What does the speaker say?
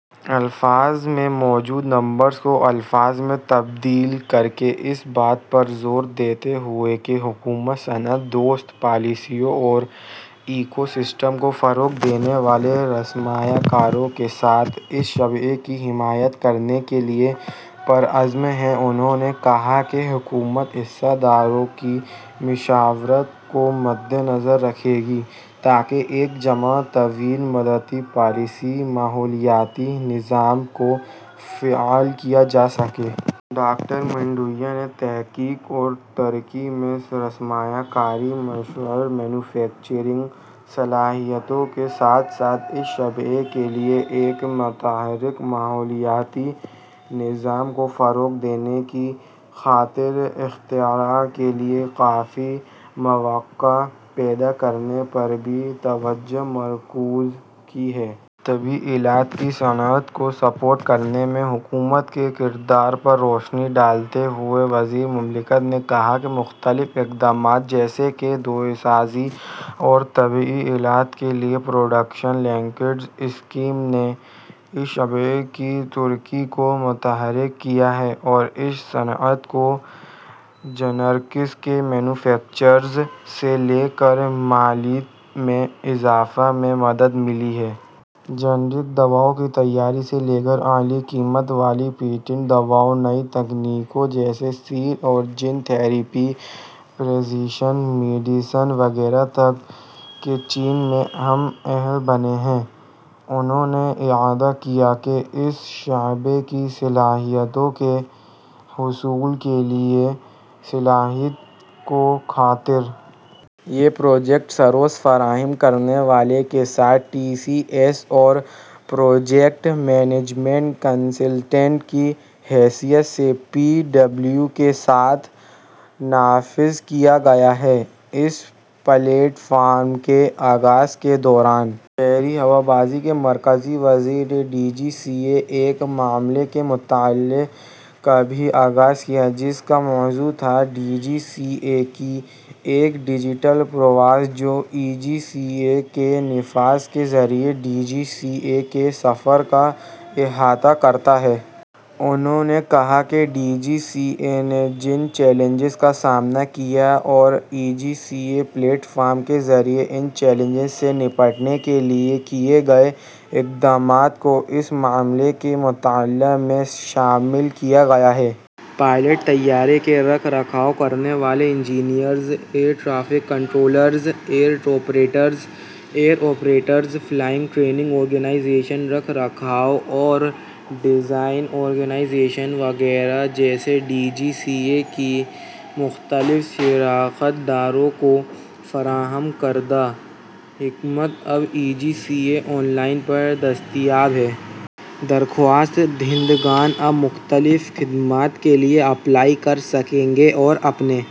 اس میں موجود نمبرز کو الفاظ میں تبدیل کرکے: اس بات پر زور دیتے ہوئے کہ حکومت صنعت دوست پالیسیوں اور ایکو سسٹم کو فروغ دینے والے سرمایہ کاروں کے ساتھ اس شعبے کی حمایت کرنے کے لیے پرعزم ہے، انہوں نے کہا کہ ''حکومت حصص داروں کی مشاورت کو مدنظر رکھے گی تاکہ ایک جامع، طویل مدتی پالیسی ماحولیاتی نظام کو فعال کیا جا سکے''۔ ڈاکٹر مانڈویہ نے تحقیق اور ترقی میں سرمایہ کاری، موثر مینوفیکچرنگ صلاحیتوں کے ساتھ ساتھ اس شعبے کے لیے ایک متحرک ماحولیاتی نظام کو فروغ دینے کی خاطر اختراع کے لیے کافی مواقع پیدا کرنے پر بھی توجہ مرکوز کی ہے۔ طبی آلات کی صنعت کو سپورٹ کرنے میں حکومت کے کردار پر روشنی ڈالتے ہوئے، وزیر مملکت نے کہا کہ ''مختلف اقدامات جیسے کہ دواسازی اور طبی آلات کے لیے پروڈکشن لنکڈ اسکیم نے اس شعبے کی ترقی کو متحرک کیا ہے اور اس صنعت کو جنرکس کے مینوفیکچررز سے لے کر مالیت میں اضافے میں مدد ملی ہے۔ جنرک دواؤں کی تیاری سے لیکر اعلیٰ قیمت والی پیٹنٹ دواؤں، نئی تکنیکوں جیسے سیل اور جین تھیریپی، پریزیشن میڈیسن وغیرہ تک کے چین میں ہم اہل بنے ہیں۔ انہوں نے اعادہ کیا کہ اس شعبے کی صلاحیتوں کے حصول کیلئے صلاحیت کو خاطر۔ یہ پروجیکٹ سروس فراہم کرنے والے کے ساتھ ٹی سی ایس اور پروجیکٹ منیجمنٹ کنسلٹینٹ کی حیثیت سے پی ڈبلیو کے ساتھ نافذ کیا گیا ہے۔ اس پلیٹ فارم کے آغاز کے دوران شہری ہوابازی کے مرکزی وزیر نے ڈی جی سی اے ایک معاملے کے مطالعے کا بھی آغاز کیا جس کا موضوع تھا ڈی جی سی اے کی ایک ڈجیٹل پرواز جو ای جی سی اے کے نفاذ کے ذریعہ ڈی جی سی اے کے سفر کا احاطہ کرتا ہے۔ انہوں نے کہا کہ ڈی جی سی اے نے جن چیلنجز کا سامنا کیا اور ای جی سی اے پلیٹ فارم کے ذریعہ ان چیلنجز سے نمٹنے کے لیے کیے گئے اقدامات کو اس معاملے کے مطالعے میں شامل کیا گیا ہے۔ پائلٹس، طیارے کے رکھ رکھاؤ کرنے والے engineers, air traffic controllers, air operators, airport operators, flying training organisation, رکھ رکھاؤ اور ڈیزائن آرگنائزیشن وغیرہ جیسے ڈی جی سی اے کے مختلف شراکت داروں کو فراہم کردہ خدمات اب ای جی سی اے آن لائن پر دستیاب ہیں۔ درخواست دہندگان اب مختلف خدمات کے لیے اپلائی کر سکیں گے اور اپنے۔